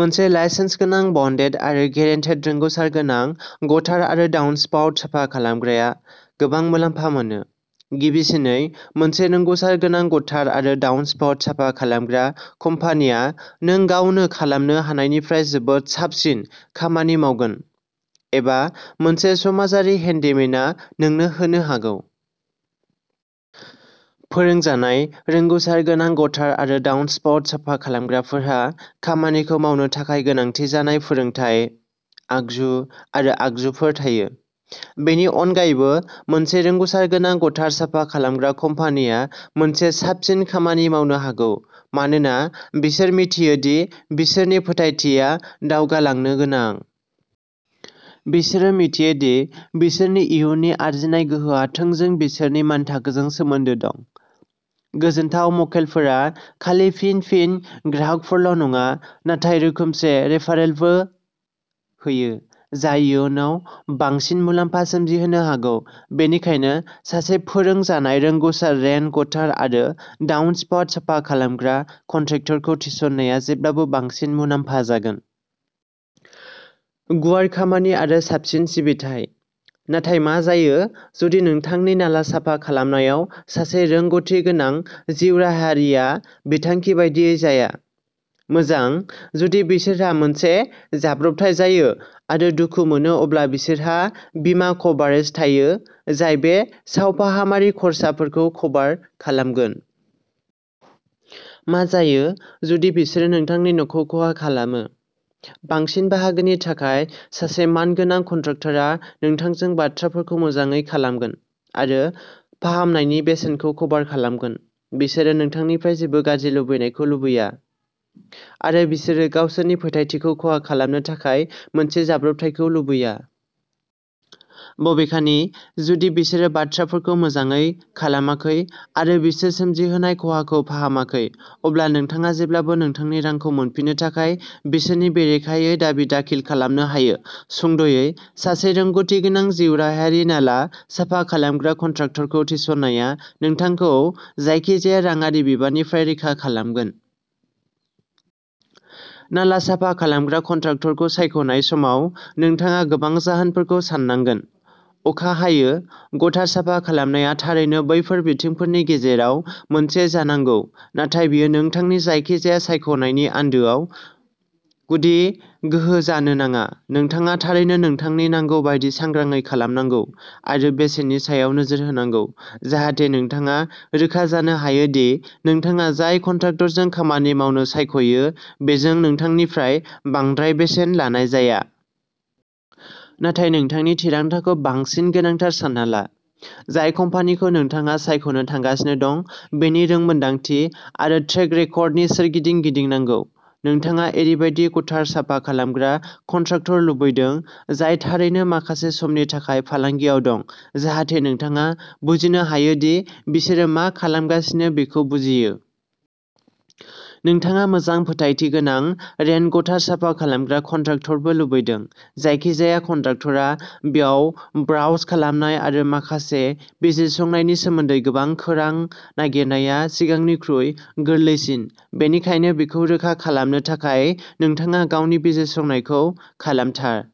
मोनसे लाइसेन्स गोनां बन्डेड आरो गेरेन्टेड रोंग'सार गोनां गटार आरो डाउनस्पाउट साफा खालामग्राआ गोबां मुलाम्फा मोनो। गिबिसिनै मोनसे रोंग'सार गोनां गटार आरो डाउनस्पाउट साफा खालामग्रा कम्पानिया नों गावनो खालामनो हानायनिफ्राय जोबोद साबसिन खामानि मावगोन एबा मोनसे समाजारि हेन्डीमेनआ नोंनो होनो हागौ। फोरोंजानाय रोंग'सार गोनां गटार आरो डाउनस्पाउट साफा खालामग्राफोरहा खामानिखौ मावनो थाखाय गोनांथि जानाय फोरोंथाय आगजु आरो आगजुफोर थायो। बेनि अनगायैबो मोनसे रोंग'सार गोनां गटार साफा खालामग्रा कम्पानिया मोनसे साबसिन खामानि मावनो हागौ मानोना बिसोरो मिथियो दि बिसोरनि फोथायथिआ दावगालांनो गोनां। बिसोरो मिथियो दि बिसोरनि इयुननि आरजिनाय गोहोआ थोंजों बिसोरनि मानथाखोजों सोमोन्दो दं। गोजोनथाव मक्केलफोरा खालि फिन-फिन ग्राहकफोरल'नङा नाथाय रोखोमसे रेफारेलफोरबो होयो जाय इयुनाव बांसिन मुलाम्फा सोमजिहोनो हागौ। बेनिखायनो सासे फोरोंजानाय रोंग'सार रेन गटार आरो डाउनस्पाउट साफा खालामग्रा कन्ट्रेक्टरखौ थिसननाया जेब्लाबो बांसिन मुलाम्फा जागोन। गुवार खामानि आरो साबसिन सिबिथाइ। नाथाय मा जायो जुदि नोंथांनि नाला साफा खालामनायाव सासे रोंग'थि गोनां जिउराहायारिआ बिथांखि बादियै जाया? मोजां, जुदि बिसोरहा मोनसे जाब्रबथाय जायो आरो दुखु मोनो अब्ला बिसोरहा बीमा कभारेज थायो जाय बै सावफाहामारि खर्साफोरखौ कभार खालामगोन। मा जायो जुदि बिसोरो नोंथांनि न'खौ खहा खालामो? बांसिन बाहागोनि थाखाय, सासे मानगोनां कन्ट्राक्टरआ नोंथांजों बाथ्राफोरखौ मोजाङै खालामगोन आरो फाहामनायनि बेसेनखौ कभार खालामगोन। बिसोरो नोंथांनिफ्राय जेबो गाज्रि लुबैनायखौ लुबैया, आरो बिसोरो गावसोरनि फोथायथिखौ खहा खालामनो थाखाय मोनसे जाब्रबथायखौ लुबैया। बबेखानि जुदि बिसोरो बाथ्राफोरखौ मोजाङै खालामाखै आरो बिसोर सोमजिहोनाय खहाखौ फाहामाखै, अब्ला नोंथाङा जेब्लाबो नोंथांनि रांखौ मोनफिननो थाखाय बिसोरनि बेरेखायै दाबि दाखिल खालामनो हायो। सुंद'यै, सासे रोंग'थिगोनां जिउराहायारि नाला साफा खालामग्रा कन्ट्राक्टरखौ थिसननाया नोंथांखौ जायखिजाया रांआरि बिबाननिफ्राय रैखा खालामगोन। नाला साफा खालामग्रा कन्ट्राक्टरखौ सायख'नाय समाव नोंथाङा गोबां जाहोनफोरखौ साननांगोन। अखा हायो। गटार साफा खालामनाया थारैनो बैफोर बिथिंफोरनि गेजेराव मोनसे जानांगौ, नाथाय बेयो नोंथांनि जायखिजाया सायख'नायनि आन्दोआव गुदि गोहो जानो नाङा। नोंथाङा थारैनो नोंथांनि नांगौ बायदि सांग्राङै खालामनांगौ आरो बेसेननि सायाव नोजोर होनांगौ जाहाथे नोंथाङा रोखा जानो हायो दि नोंथाङा जाय कन्ट्राक्टरजों खामानि मावनो सायख'यो, बेजों नोंथांनिफ्राय बांद्राय बेसेन लानाय जाया। नाथाय नोंथांनि थिरांथाखौ बांसिन गोनांथार सानना ला, जाय कम्पानिखौ नोंथाङा सायख'नो थांगासिनो दं, बेनि रोंमोनदांथि आरो ट्रेक रेकर्डनि सोरगिदिं गिदिंनांगौ। नोंथाङा ओरैबायदि गटार साफा खालामग्रा कन्ट्राक्टर लुबैदों, जाय थारैनो माखासे समनि थाखाय फालांगियाव दं, जाहाथे नोंथाङा बुजिनो हायो दि बिसोरो मा खालामगासिनो बेखौ बुजियो। नोंथाङा मोजां फोथायथि गोनां रेन गटार साफा खालामग्रा कन्ट्राक्टरबो लुबैदों। जायखिजाया कन्ट्राक्टरआ वेबआव ब्राउज खालामनाय आरो माखासे बिजिरसंनायनि सोमोन्दै गोबां खौरां नागिरनाया सिगांनिख्रुइ गोरलैसिन। बेनिखायनो, बेखौ रोखा खालामनो थाखाय नोंथाङा गावनि बिजिरसंनायखौ खालामथार।